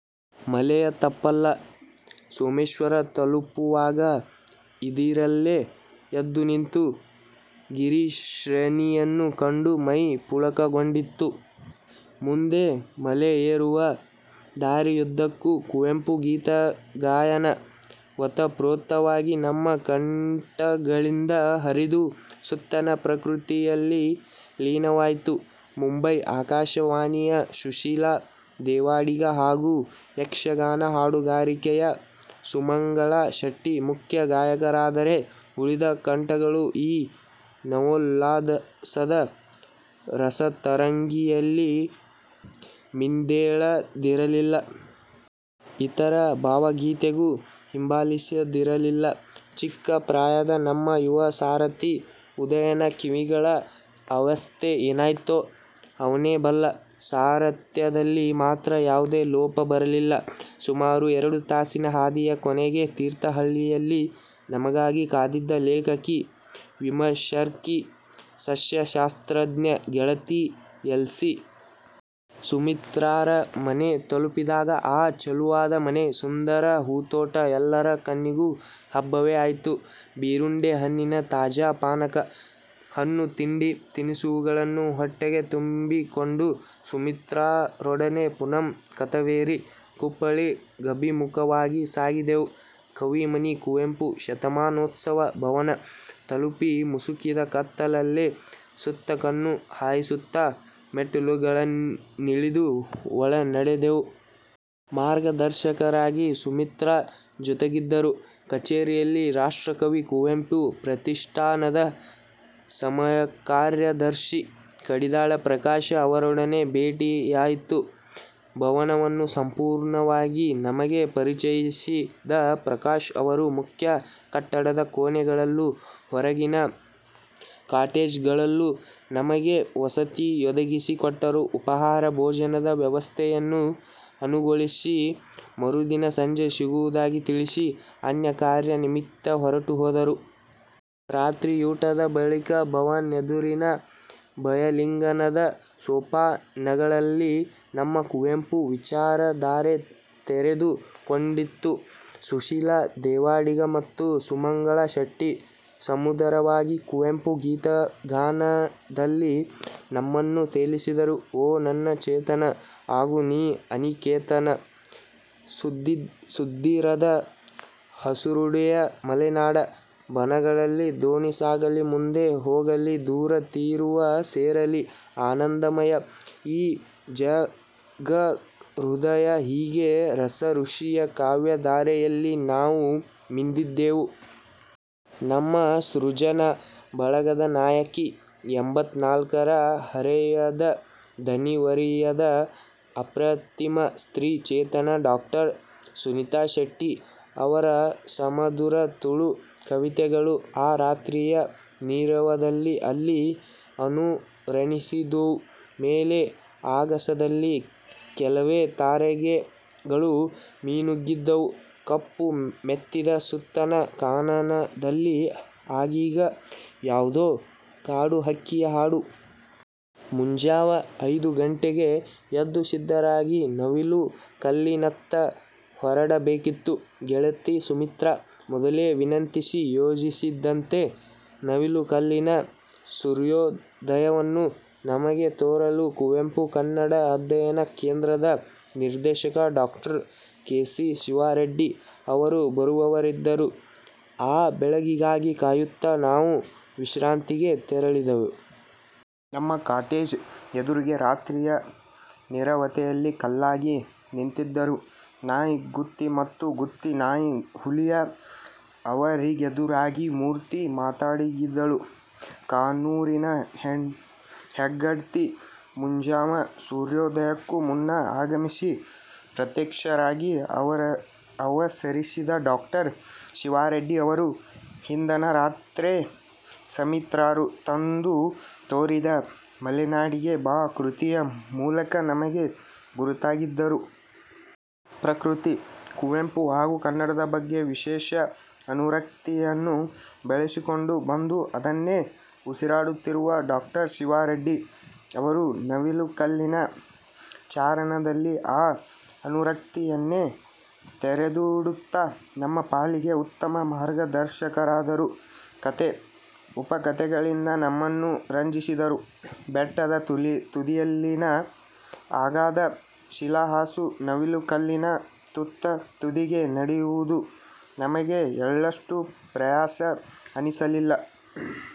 ಮಲೆಯ ತಪ್ಪಲ ಸೋಮೇಶ್ವರ ತಲುಪುವಾಗ ಇದಿರಲ್ಲೇ ಎದ್ದು ನಿಂತ ಗಿರಿಶ್ರೇಣಿಯನ್ನು ಕಂಡು ಮೈ ಪುಳಕಗೊಂಡಿತು. ಮುಂದೆ ಮಲೆಯೇರುವ ದಾರಿಯುದ್ದಕ್ಕೂ ಕುವೆಂಪು ಗೀತಗಾಯನ ಓತಪ್ರೋತವಾಗಿ ನಮ್ಮ ಕಂಠಗಳಿಂದ ಹರಿದು ಸುತ್ತಣ ಪ್ರಕೃತಿಯಲ್ಲಿ ಲೀನವಾಯ್ತು. ಮುಂಬೈ ಆಕಾಶವಾಣಿಯ ಸುಶೀಲಾ ದೇವಾಡಿಗ ಹಾಗೂ ಯಕ್ಷಗಾನ ಹಾಡುಗಾರಿಕೆಯ ಸುಮಂಗಲಾ ಶೆಟ್ಟಿ ಮುಖ್ಯ ಗಾಯಕರಾದರೆ, ಉಳಿದ ಕಂಠಗಳೂ ಈ ನವೋಲ್ಲಾಸದ ರಸತರಂಗಿಣಿಯಲ್ಲಿ ಮಿಂದೇಳದಿರಲಿಲ್ಲ. ಇತರ ಭಾವಗೀತೆಗಳೂ ಹಿಂಬಾಲಿಸದಿರಲಿಲ್ಲ. ಚಿಕ್ಕ ಪ್ರಾಯದ ನಮ್ಮ ಯುವ ಸಾರಥಿ ಉದಯನ ಕಿವಿಗಳ ಅವಸ್ಥೆ ಏನಾಯ್ತೋ ಅವನೇ ಬಲ್ಲ. ಸಾರಥ್ಯದಲ್ಲಿ ಮಾತ್ರ ಯಾವುದೇ ಲೋಪ ಬರಲಿಲ್ಲ. ಸುಮಾರು ಎರಡು ತಾಸಿನ ಹಾದಿಯ ಕೊನೆಗೆ, ತೀರ್ಥಹಳ್ಳಿಯಲ್ಲಿ ನಮಗಾಗಿ ಕಾದಿದ್ದ ಲೇಖಕಿ, ವಿಮರ್ಶಕಿ, ಸಸ್ಯಶಾಸ್ತ್ರಜ್ಞೆ ಗೆಳತಿ ಎಲ್. ಸಿ. ಸುಮಿತ್ರಾರ ಮನೆ ತಲುಪಿದಾಗ, ಆ ಚೆಲುವಾದ ಮನೆ, ಸುಂದರ ಹೂತೋಟ ಎಲ್ಲರ ಕಣ್ಣಿಗೂ ಹಬ್ಬವೇ ಆಯ್ತು. ಬೀರುಂಡೆ ಹಣ್ಣಿನ ತಾಜಾ ಪಾನಕ, ಹಣ್ಣು ತಿಂಡಿ, ತಿನಿಸುಗಳನ್ನು ಹೊಟ್ಟೆಗೆ ತುಂಬಿಕೊಂಡು ಸುಮಿತ್ರಾರೊಡನೆ ಪುನಃ ರಥವೇರಿ ಕುಪ್ಪಳಿಗಭಿಮುಖವಾಗಿ ಸಾಗಿದೆವು. ಕವಿಮನೆ ಕುವೆಂಪು ಶತಮಾನೋತ್ಸವ ಭವನ, ತಲುಪಿ, ಮುಸುಕಿದ ಕತ್ತಲಲ್ಲೇ ಸುತ್ತ ಕಣ್ಣು ಹಾಯಿಸುತ್ತಾ ಮೆಟ್ಟಲುಗಳನ್ನಿಳಿದು ಒಳ ನಡೆದೆವು. ಮಾರ್ಗದರ್ಶಕರಾಗಿ ಸುಮಿತ್ರಾ ಜೊತೆಗಿದ್ದರು. ಕಛೇರಿಯಲ್ಲಿ ರಾಷ್ಟ್ರಕವಿ ಕುವೆಂಪು ಪ್ರತಿಷ್ಠಾನದ ಸಮಕಾರ್ಯದರ್ಶಿ ಕಡಿದಾಳ್ ಪ್ರಕಾಶ್ ಅವರೊಡನೆ ಭೇಟಿಯಾಯ್ತು. ಭವನವನ್ನು ಸಂಪೂರ್ಣವಾಗಿ ನಮಗೆ ಪರಿಚಯಿಸಿದ ಪ್ರಕಾಶ್ ಅವರು ಮುಖ್ಯ ಕಟ್ಟಡದ ಕೋಣೆಗಳಲ್ಲೂ ಹೊರಗಿನ ಕಾಟೇಜ್ಗಳಲ್ಲೂ ನಮಗೆ ವಸತಿಯೊದಗಿಸಿ ಕೊಟ್ಟರು. ಉಪಾಹಾರ ಭೋಜನದ ವ್ಯವಸ್ಥೆಯನ್ನೂ ಅನುಗೊಳಿಸಿ ಮರುದಿನ ಸಂಜೆ ಸಿಗುವುದಾಗಿ ತಿಳಿಸಿ ಅನ್ಯಕಾರ್ಯ ನಿಮಿತ್ತ ಹೊರಟು ಹೋದರು. ರಾತ್ರಿಯೂಟದ ಬಳಿಕ ಭವನದೆದುರಿನ ಬಯಲಿನಂಗಣದ ಸೋಪಾನಗಳಲ್ಲಿ ನಮ್ಮ ಕುವೆಂಪು ವಿಚಾರಧಾರೆ ತೆರೆದು ಕೊಂಡಿತು. ಸುಶೀಲಾ ದೇವಾಡಿಗ ಮತ್ತು ಸುಮಂಗಲಾ ಶೆಟ್ಟಿ, ಸುಮಧುರವಾಗಿ ಕುವೆಂಪು ಗೀತ ಗಾಯನದಲ್ಲಿ ನಮ್ಮನ್ನು ತೇಲಿಸಿದರು. ಓ ನನ್ನ ಚೇತನ, ಆಗು ನೀ ಅನಿಕೇತನ, ಸದ್ದಿರದ ಹಸುರುಡೆಯ ಮಲೆನಾಡ ಬನಗಳಲಿ, ದೋಣಿ ಸಾಗಲಿ ಮುಂದೆ ಹೋಗಲಿ ದೂರ ತೀರವ ಸೇರಲಿ, ಆನಂದಮಯ ಈ ಜಗಹೃದಯ ಹೀಗೆ ರಸಋಷಿಯ ಕಾವ್ಯಧಾರೆಯಲ್ಲಿ ನಾವು ಮಿಂದೆದ್ದೆವು. ನಮ್ಮ ಸೃಜನಾ ಬಳಗದ ನಾಯಕಿ, ಎಂಬತ್ತ ನಾಲ್ಕರ ಹರೆಯದ ದಣಿವರಿಯದ ಅಪ್ರತಿಮ ಸ್ತ್ರೀ ಚೇತನ ಡಾಕ್ಟರ್ ಸುನೀತಾ ಶೆಟ್ಟಿ ಅವರ ಸುಮಧುರ ತುಳು ಕವಿತೆಗಳೂ ಆ ರಾತ್ರಿಯ ನೀರವದಲ್ಲಿ ಅಲ್ಲಿ ಅನುರಣಿಸಿದುವು. ಮೇಲೆ ಆಗಸದಲ್ಲಿ ಕೆಲವೇ ತಾರಗೆಗಳು ಮಿನುಗಿದ್ದುವು. ಕಪ್ಪು ಮೆತ್ತಿದ ಸುತ್ತಣ ಕಾನನದಲ್ಲಿ ಆಗೀಗ ಯಾವುದೋ ಕಾಡುಹಕ್ಕಿಯ ಹಾಡು. ಮುಂಜಾವ ಐದು ಗಂಟೆಗೇ ಎದ್ದು ಸಿದ್ಧರಾಗಿ ನವಿಲು ಕಲ್ಲಿನತ್ತ ಹೊರಡಬೇಕಿತ್ತು. ಗೆಳತಿ ಸುಮಿತ್ರಾ, ಮೊದಲೇ ವಿನಂತಿಸಿ ಯೋಜಿಸಿದಂತೆ. ನವಿಲು ಕಲ್ಲಿನ ಸೂರ್ಯೋದಯವನ್ನು ನಮಗೆ ತೋರಲು, ಕುವೆಂಪು ಕನ್ನಡ ಅಧ್ಯಯನ ಕೇಂದ್ರದ ನಿರ್ದೇಶಕ doctor K. C. Shiva Reddy ಅವರು ಬರುವವರಿದ್ದರು. ಆ ಬೆಳಗಿಗಾಗಿ ಕಾಯುತ್ತಾ ನಾವು ವಿಶ್ರಾಂತಿಗೆ ತೆರಳಿದೆವು. ನಮ್ಮ ಕಾಟೇಜ್ ಎದುರಿಗೇ ರಾತ್ರಿಯ ನೀರವತೆಯಲ್ಲಿ ಕಲ್ಲಾಗಿ ನಿಂತಿದ್ದರು, ನಾಯಿ ಗುತ್ತಿ ಮತ್ತು ಗುತ್ತಿ ನಾಯಿ ಹುಲಿಯ. ಅವರಿಗೆದುರಾಗಿ ಮೂರ್ತಿಮತ್ತಾಗಿದ್ದಳು, ಕಾನೂರಿನ ಹೆಗ್ಗಡ್ತಿ. ಮುಂಜಾವ ಸೂರ್ಯೋದಯಕ್ಕೂ ಮುನ್ನ ಆಗಮಿಸಿ ಪ್ರತ್ಯಕ್ಷರಾಗಿ ಅವಸರಿಸಿದ ಡಾಕ್ಟರ್ ಶಿವಾರೆಡ್ಡಿ ಅವರು, ಹಿಂದಣ ರಾತ್ರೆ ಸುಮಿತ್ರಾರು ತಂದು ತೋರಿದ ಮಲೆನಾಡಿಗೆ ಬಾ ಕೃತಿಯ ಮೂಲಕ ನಮಗೆ ಗುರುತಾಗಿದ್ದರು. ಪ್ರಕೃತಿ, ಕುವೆಂಪು ಹಾಗೂ ಕನ್ನಡದ ಬಗ್ಗೆ ವಿಶೇಷ ಅನುರಕ್ತಿಯನ್ನು ಬೆಳೆಸಿಕೊಂಡು ಬಂದು ಅದನ್ನೇ ಉಸಿರಾಡುತ್ತಿರುವ ಡಾಕ್ಟರ್ ಶಿವಾ ರೆಡ್ಡಿ ಅವರು ನವಿಲುಕಲ್ಲಿನ ಚಾರಣದಲ್ಲಿ ಆ ಅನುರಕ್ತಿಯನ್ನೇ ತೆರೆದಿಡುತ್ತಾ ನಮ್ಮ ಪಾಲಿಗೆ ಉತ್ತಮ ಮಾರ್ಗದರ್ಶಕರಾದರು. ಕಥೆ, ಉಪಕಥೆಗಳಿಂದ ನಮ್ಮನ್ನು ರಂಜಿಸಿದರು. ಬೆಟ್ಟದ ತುದಿಯಲ್ಲಿನ ಅಗಾಧ ಶಿಲಾಹಾಸು ನವಿಲುಕಲ್ಲಿನ ತುತ್ತ ತುದಿಗೆ ನಡೆಯುವುದು ನಮಗೆ ಎಳ್ಳಷ್ಟೂ ಪ್ರಯಾಸ ಅನಿಸಲಿಲ್ಲ.